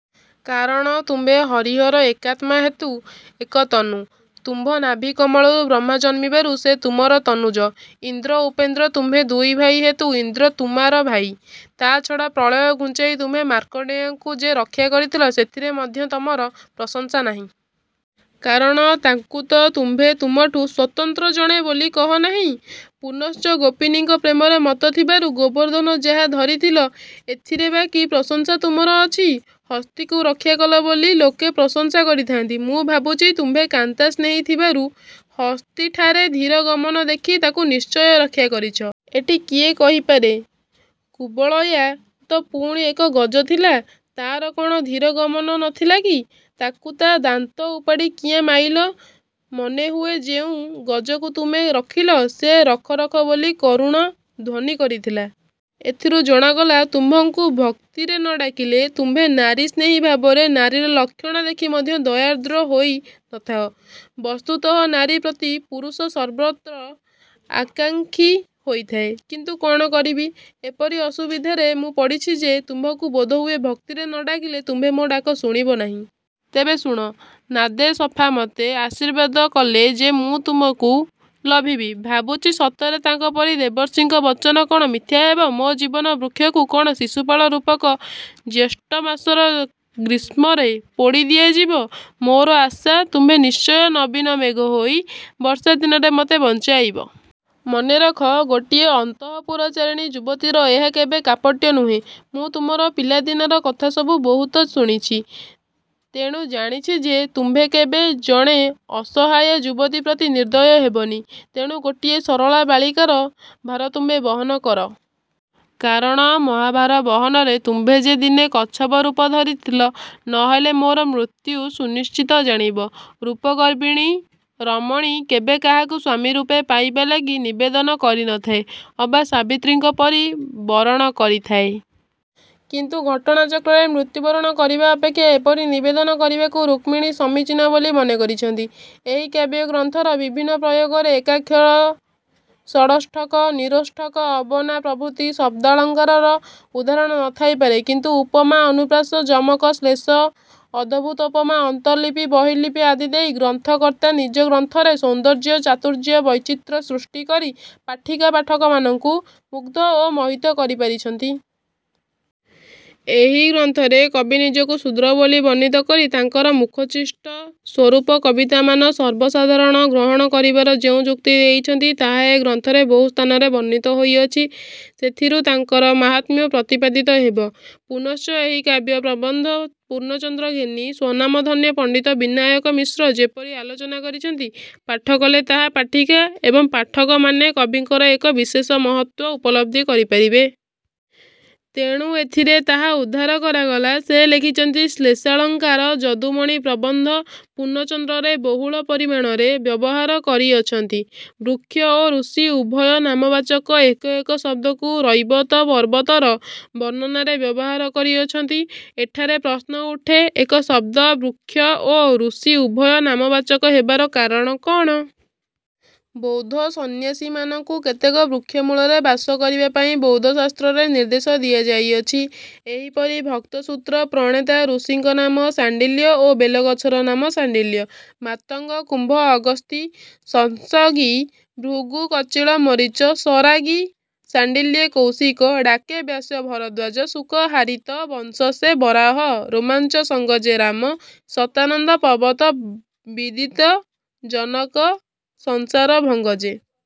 କାରଣ ତୁମ୍ଭେ ହରିହର ଏକାତ୍ମା ହେତୁ ଏକତନୁ। ତୁମ୍ଭ ନାଭୀ କମଳରୁ ବ୍ରହ୍ମା ଜନ୍ମିବାରୁ ସେ ତୁମର ତନୁଜ। ଇନ୍ଦ୍ର ଉପେନ୍ଦ୍ର ତୁମ୍ଭେ ଦୁଇଭାଇ ହେତୁ ଇନ୍ଦ୍ର ତୁମାର ଭାଇ। ତା ଛଡ଼ା ପ୍ରଳୟ ଘୁଞ୍ଚାଇ ତୁମ୍ଭେ ମାର୍କଣ୍ଡେୟଙ୍କୁ ଯେ ରକ୍ଷା କରିଥିଲ ସେଥିରେ ମଧ୍ୟ ତମର ପ୍ରଶଂସା ନାହିଁ। କାରଣ ତାଙ୍କୁ ତ ତୁମ୍ଭେ ତୁମଠୁ ସ୍ୱତନ୍ତ୍ର ଜଣେ ବୋଲି କହ ନାହିଁ। ପୁନଶ୍ଚ ଗୋପୀନୀଙ୍କ ପ୍ରେମରେ ମତ୍ତ ଥିବାରୁ ଗୋବର୍ଦ୍ଧନ ଯାହା ଧରିଥିଲ, ଏଥିରେ ବା କି ପ୍ରଶଂସା ତୁମର ଅଛି? ହସ୍ତୀକୁ ରକ୍ଷା କଲ ବୋଲି ଲୋକେ ପ୍ରଶଂସା କରିଥାନ୍ତି। ମୁଁ ଭାବୁଛି ତୁମ୍ଭେ କାନ୍ତା ସ୍ନେହୀ ଥିବାରୁ ହସ୍ତୀଠାରେ ଧୀର ଗମନ ଦେଖି ତାକୁ ନିଶ୍ଚୟ ରକ୍ଷା କରିଚ। ଏଠି କିଏ କହିପାରେ, କୁବଳୟା ତ ପୁଣି ଏକ ଗଜ ଥିଲା। ତା'ର କ'ଣ ଧୀର ଗମନ ନ ଥିଲା କି? ତାକୁ ତା ଦାନ୍ତ ଉପାଡ଼ି କିଆଁ ମାଇଲ? ମନେ ହୁଏ ଯେଉଁ ଗଜକୁ ତୁମେ ରଖିଲ ସେ ରଖ ରଖ ବୋଲି କରୁଣ ଧ୍ୱନି କରିଥିଲା। ଏଥିରୁ ଜଣାଗଲା ତୁମ୍ଭଙ୍କୁ ଭକ୍ତିରେ ନ ଡାକିଲେ ତୁମ୍ଭେ ନାରୀ ସ୍ନେହୀ ଭାବରେ ନାରୀର ଲକ୍ଷଣ ଦେଖି ମଧ୍ୟ ଦୟାର୍ଦ୍ର ହୋଇ ନ ଥାଅ। ବସ୍ତୁତଃ ନାରୀ ପ୍ରତି ପୁରୁଷ ସର୍ବତ୍ର ଆକାଙ୍କ୍ଷୀ ହୋଇଥାଏ। କିନ୍ତୁ କଣ କରିବି ଏପରି ଅସୁବିଧାରେ ମୁଁ ପଡ଼ିଛି ଯେ ତୁମ୍ଭଙ୍କୁ ବୋଧହୁଏ ଭକ୍ତିରେ ନ ଡାକିଲେ ତୁମ୍ଭେ ମୋ ଡାକ ଶୁଣିବ ନାହିଁ। ତେବେ ଶୁଣ- ନାଦେ ସଫା ମତେ ଆଶୀର୍ବାଦ କଲେ ଯେ ମୁଁ ତୁମକୁ ଲଭିବି। ଭାବୁଛି, ସତରେ ତାଙ୍କ ପରି ଦେବର୍ଷିଙ୍କ ବଚନ କଣ ମିଥ୍ୟା ହେବ? - ମୋ ଜୀବ ବୃକ୍ଷକୁ କଣ ଶିଶୁପାଳ ରୂପକ ଜ୍ୟେଷ୍ଠ ମାସର ଗ୍ରୀଷ୍ମରେ ପୋଡ଼ି ଦିଆଯିବ? ମୋର ଆଶା, ତୁମ୍ଭେ ନିଶ୍ଚୟ ନବୀନ ମେଘ ହୋଇ ବର୍ଷାଦିନରେ ମୋତେ ବଞ୍ଚାଇବ। ମନେ ରଖ, ଗୋଟିଏ ଅନ୍ତଃପୁରଚାରିଣୀ ଯୁବତୀର ଏହା କେବେ କାପଟ୍ୟ ନୁହେଁ। ମୁଁ ତୁମର ପିଲା ଦିନର କଥା ସବୁ ବହୁତ ଶୁଣିଛି। ତେଣୁ ଜାଣିଛି ଯେ- ତୁମ୍ଭେ କେବେ ଜଣେ ଅସହାୟା ଯୁବତୀ ପ୍ରତି ନିର୍ଦ୍ଦୟ ହେବନି। ତେଣୁ ଗୋଟିଏ ସରଳା ବାଳିକାର ଭାର ତୁମ୍ଭେ ବହନ କର। କାରଣ ମହା ଭାର ବହନରେ ତୁମ୍ଭେ ଯେ ଦିନେ କଚ୍ଛପ ରୁପ ଧରିଥିଲ? ନ ହେଲେ ମୋର ମୃତ୍ୟୁ ସୁନିଶ୍ଚିତ ଜାଣିବ। ରୂପ ଗର୍ବିଣୀ ରମଣୀ କେବେ କାହାକୁ ସ୍ୱାମୀ ରୂପେ ପାଇବା ଲାଗି ନିବେଦନ କରି ନ ଥାଏ। ଅବା ସାବିତ୍ରୀଙ୍କ ପରି ବରଣ କରିଥାଏ। କିନ୍ତୁ ଘଟଣା ଚକ୍ରରେ ମୃତ୍ୟୁ ବରଣ କରିବା ଅପେକ୍ଷା ଏପରି ନିବେଦନ କରିବାକୁ ରୁକ୍ମିଣୀ ସମୀଚୀନ ବୋଲି ମନେ କରିଛନ୍ତି। ଏହି କାବ୍ୟ ଗ୍ରନ୍ଥର ବିଭିନ୍ନ ପ୍ରୟୋଗରେ ଏକାକ୍ଷର, ସଡ଼ଷ୍ଠକ, ନିରୋଷ୍ଠକ, ଅବନା ପ୍ରଭୃତି ଶବ୍ଦାଳଙ୍କାରର ଉଦାହରଣ ନ ଥାଇପାରେ; କିନ୍ତୁ ଉପମା, ଅନୁପ୍ରାସ, ଯମକ, ଶ୍ଳେଷ, ଅଦଭୁତୋପମା, ଅନ୍ତର୍ଲିପି, ବହିର୍ଲିପି ଆଦି ଦେଇ ଗ୍ରନ୍ଥକର୍ତ୍ତା ନିଜ ଗ୍ରନ୍ଥରେ ସୌନ୍ଦର୍ଯ୍ୟ, ଚାତୁର୍ଯ୍ୟ ବୈଚିତ୍ର୍ୟ ସୃଷ୍ଟି କରି ପାଠିକା ପାଠକମାନଙ୍କୁ ମୁଗ୍ଧ ଓ ମୋହିତ କରି ପାରିଛନ୍ତି। ଏହି ଗ୍ରନ୍ଥରେ କବି ନିଜକୁ ଶୁଦ୍ର ବୋଲି ବର୍ଣ୍ଣିତ କରି ତାଙ୍କର ମୁଖୋଚ୍ଛିଷ୍ଟ ସ୍ୱରୂପ କବିତାମାନ ସର୍ବସାଧାରଣ ଗ୍ରହଣ କରିବାର ଯେଉଁ ଯୁକ୍ତି ଦେଇଛନ୍ତି ତାହା ଏ ଗ୍ରନ୍ଥରେ ବହୁ ସ୍ଥାନରେ ବର୍ଣ୍ଣିତ ହୋଇଅଛି। ସେଥିରୁ ତାଙ୍କର ମାହାତ୍ମ୍ୟ ପ୍ରତିପାଦିତ ହେବ। ପୁନଶ୍ଚ ଏହି କାବ୍ୟ ପ୍ରବନ୍ଧ-ପୂର୍ଣ୍ଣଚନ୍ଦ୍ର ଘେନି ସ୍ୱନାମଧନ୍ୟ ପଣ୍ଡିତ ବିନାୟକ ମିଶ୍ର ଯେପରି ଆଲୋଚନା କରିଛନ୍ତି, ପାଠ କଲେ ତାହା ପାଠିକା ଏବଂ ପାଠକମାନେ କବିଙ୍କର ଏକ ବିଶେଷ ମହତ୍ୱ ଉପଲବ୍ଧି କରିପାରିବେ। ତେଣୁ ଏଥିରେ ତାହା ଉଦ୍ଧାର କରାଗଲା। ସେ ଲେଖିଛନ୍ତି - ''ଶ୍ଲେଷାଳଙ୍କାର, ଯଦୁମଣି ପ୍ରବନ୍ଧ ପୂର୍ଣ୍ଣଚନ୍ଦ୍ରରେ ବହୁଳ ପରିମାଣରେ ବ୍ୟବହାର କରିଅଛନ୍ତି। ବୃକ୍ଷ ଓ ଋଷି ଉଭୟ ନାମବାଚକ ଏକ ଏକ ଶବ୍ଦକୁ ରୈବତ ପର୍ବତର ବର୍ଣ୍ଣନାରେ ବ୍ୟବହାର କରିଅଛନ୍ତି। ଏଠାରେ ପ୍ରଶ୍ନ ଉଠେ, ଏକ ଶବ୍ଦ ବୃକ୍ଷ ଓ ଋଷି ଉଭୟ ନାମବାଚକ ହେବାର କାରଣ କଣ? ବୌଦ୍ଧ ସନ୍ନ୍ୟାସୀମାନଙ୍କୁ କେତେକ ବୃକ୍ଷ ମୂଳରେ ବାସ କରିବା ପାଇଁ ବୌଦ୍ଧ ଶାସ୍ତ୍ରରେ ନିର୍ଦ୍ଦେଶ ଦିଆଯାଇଅଛି। ଏହିପରି ଭକ୍ତ ସୂତ୍ର ପ୍ରଣେତା ଋଷିଙ୍କ ନାମ ଶାଣ୍ଡିଲ୍ୟ ଓ ବେଲଗଛର ନାମ ସାଣ୍ଡିଲ୍ୟ। ମାତଙ୍ଗ କୁମ୍ଭ ଅଗସ୍ତୀ ସଂସଗୀ ଭୃଗୁ କଚିଳ ମରିଚ ସରାଗୀ ଶାଣ୍ଡିଲ୍ୟେ କଉଶିକ ଡ଼ାକେ ବ୍ୟାସ ଭରଦ୍ୱାଜ ଶୁକ ହାରିତ ବଂଶ ସେ ବରାହ ରୋମାଞ୍ଚ ସଙ୍ଗ ଯେ ରାମ ଶତାନନ୍ଦ ପବତ ବିଦିତ ଜନକ ସଂସାର ଭଙ୍ଗ ଯେ।